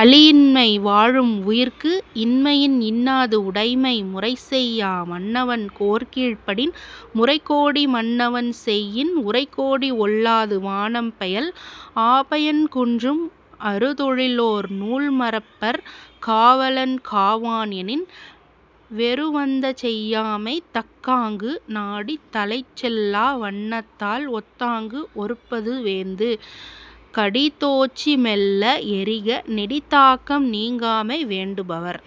அளியின்மை வாழும் உயிர்க்கு. இன்மையின் இன்னாது உடைமை முறைசெய்யா மன்னவன் கோற்கீழ்ப் படின். முறைகோடி மன்னவன் செய்யின் உறைகோடி ஒல்லாது வானம் பெயல். ஆபயன் குன்றும் அறுதொழிலோர் நூல்மறப்பர் காவலன் காவான் எனின். வெருவந்தசெய்யாமை தக்காங்கு நாடித் தலைச்செல்லா வண்ணத்தால் ஒத்தாங்கு ஒறுப்பது வேந்து. கடிதோச்சி மெல்ல எறிக நெடிதாக்கம் நீங்காமை வேண்டு பவர்.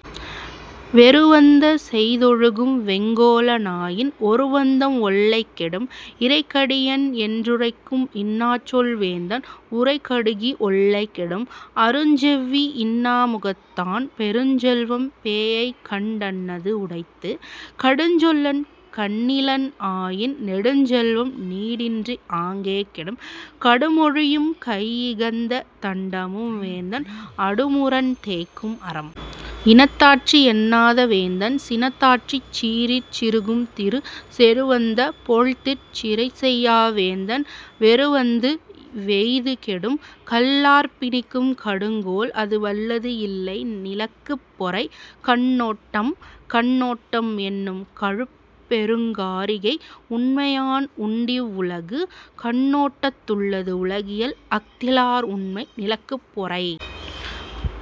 வெருவந்த செய்தொழுகும் வெங்கோல னாயின் ஒருவந்தம் ஒல்லைக் கெடும். இறைகடியன் என்றுரைக்கும் இன்னாச்சொல் வேந்தன் உறைகடுகி ஒல்லைக் கெடும். அருஞ்செவ்வி இன்னா முகத்தான் பெருஞ்செல்வம் பேஎய்கண் டன்னது உடைத்து. கடுஞ்சொல்லன் கண்ணிலன் ஆயின் நெடுஞ்செல்வம் நீடின்றி ஆங்கே கெடும். கடுமொழியும் கையிகந்த தண்டமும் வேந்தன் அடுமுரண் தேய்க்கும் அரம். இனத்தாற்றி எண்ணாத வேந்தன் சினத்தாற்றிச் சீறிற் சிறுகும் திரு. செருவந்த போழ்திற் சிறைசெய்யா வேந்தன் வெருவந்து வெய்து கெடும். கல்லார்ப் பிணிக்கும் கடுங்கோல் அதுவல்லது இல்லை நிலக்குப் பொறை. கண்ணோட் டம் கண்ணோட்டம் என்னும் கழிபெருங் காரிகை உண்மையான் உண்டிவ் வுலகு. கண்ணோட்டத் துள்ளது உலகியல் அஃதிலார் உண்மை நிலக்குப் பொறை.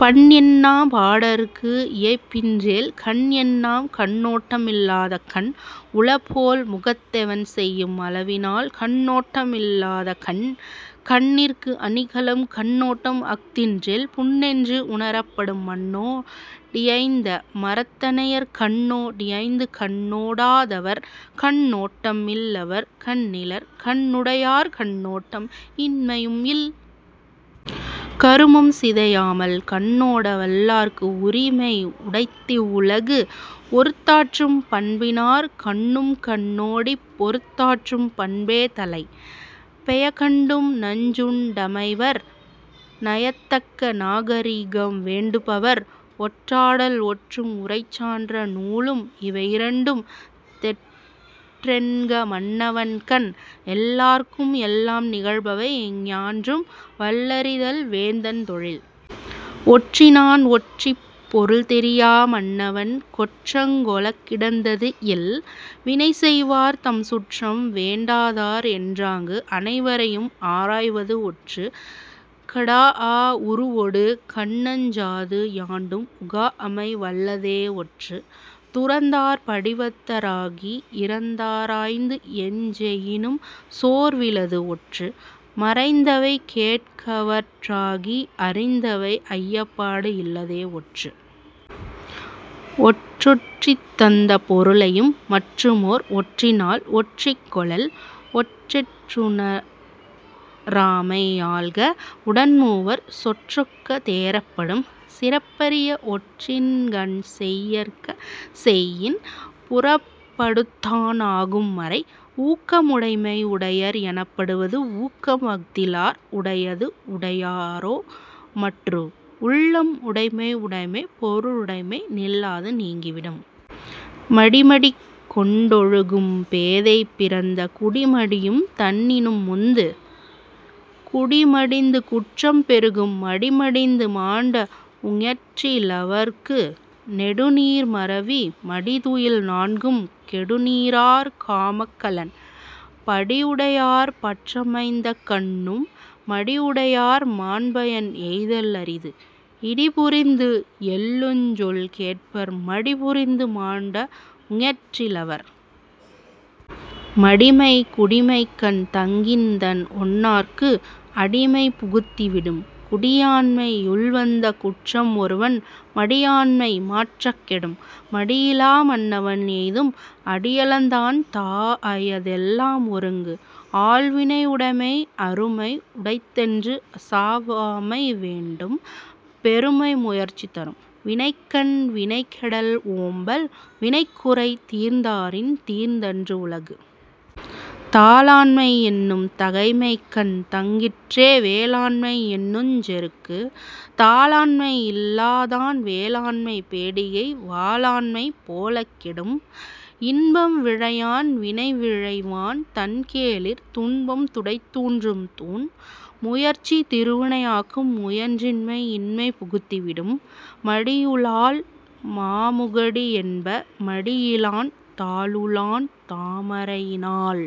பண்என்னாம் பாடற்கு இயைபின்றேல் கண்என்னாம் கண்ணோட்டம் இல்லாத கண். உளபோல் முகத்தெவன் செய்யும் அளவினால் கண்ணோட்டம் இல்லாத கண். கண்ணிற்கு அணிகலம் கண்ணோட்டம் அஃதின்றேல் புண்ணென்று உணரப் படும் மண்ணோ டியைந்த மரத்தனையர் கண்ணோ டியைந்துகண் ணோடா தவர். கண்ணோட் டம் இல்லவர் கண்ணிலர் கண்ணுடையார் கண்ணோட்டம் இன்மையும் இல். கருமம் சிதையாமல் கண்ணோட வல்லார்க்கு உரிமை உடைத்திவ் வுலகு. ஒறுத்தாற்றும் பண்பினார் கண்ணும்கண் ணோடிப் பொறுத்தாற்றும் பண்பே தலை. பெயக்கண்டும் நஞ்சுண் டமைவர் நயத்தக்க நாகரிகம் வேண்டு பவர். ஒற்றாடல் ஒற்றும் உரைசான்ற நூலும் இவையிரண்டும் தெற்றென்க மன்னவன் கண். எல்லார்க்கும் எல்லாம் நிகழ்பவை எஞ்ஞான்றும் வல்லறிதல் வேந்தன் தொழில். ஒற்றினான் ஒற்றிப் பொருள்தெரியா மன்னவன் கொற்றங் கொளக்கிடந்தது இல். வினைசெய்வார் தம்சுற்றம் வேண்டாதார் என்றாங்கு அனைவரையும் ஆராய்வது ஒற்று. கடாஅ உருவொடு கண்ணஞ்சாது யாண்டும் உகாஅமை வல்லதே ஒற்று. துறந்தார் படிவத்த ராகி இறந்தாராய்ந்து என்செயினும் சோர்விலது ஒற்று. மறைந்தவை கேட்கவற் றாகி அறிந்தவை ஐயப்பாடு இல்லதே ஒற்று. ஒற்றொற்றித் தந்த பொருளையும் மற்றுமோர் ஒற்றினால் ஒற்றிக் கொளல். ஒற்றெற் றுணராமை ஆள்க உடன்மூவர் சொற்றொக்க தேறப் படும். சிறப்பறிய ஒற்றின்கண் செய்யற்க செய்யின் புறப்படுத்தான் ஆகும் மறை. ஊக்கமுடைமை உடையர் எனப்படுவது ஊக்கம் அஃ தில்லார் உடையது உடையரோ மற்று. உள்ளம் உடைமை உடைமை பொருளுடைமை நில்லாது நீங்கி விடும். மடிமடிக் கொண்டொழுகும் பேதை பிறந்த குடிமடியும் தன்னினும் முந்து. குடிமடிந்து குற்றம் பெருகும் மடிமடிந்து மாண்ட உஞற்றி லவர்க்கு. நெடுநீர் மறவி மடிதுயில் நான்கும் கெடுநீரார் காமக் கலன். படியுடையார் பற்றமைந்தக் கண்ணும் மடியுடையார் மாண்பயன் எய்தல் அரிது. இடிபுரிந்து எள்ளுஞ் சொல் கேட்பர் மடிபுரிந்து மாண்ட உஞற்றி லவர். மடிமை குடிமைக்கண் தங்கின்தன் ஒன்னார்க்கு அடிமை புகுத்தி விடும். குடியாண்மை யுள்வந்த குற்றம் ஒருவன் மடியாண்மை மாற்றக் கெடும். மடியிலா மன்னவன் எய்தும் அடியளந்தான் தாஅய தெல்லாம் ஒருங்கு. ஆள்வினையுடைமை அருமை உடைத்தென்று அசாவாமை வேண்டும் பெருமை முயற்சி தரும். வினைக்கண் வினைகெடல் ஓம்பல் வினைக்குறை தீர்ந்தாரின் தீர்ந்தன்று உலகு. தாளாண்மை என்னும் தகைமைக்கண் தங்கிற்றே வேளாண்மை என்னுஞ் செருக்கு. தாளாண்மை இல்லாதான் வேளாண்மை பேடிகை வாளாண்மை போலக் கெடும். இன்பம் விழையான் வினைவிழைவான் தன்கேளிர் துன்பம் துடைத்தூன்றும் தூண். முயற்சி திருவினை ஆக்கும் முயற்றின்மை இன்மை புகுத்தி விடும். மடியுளாள் மாமுகடி என்ப மடியிலான் தாளுளான் தாமரையி னாள்.।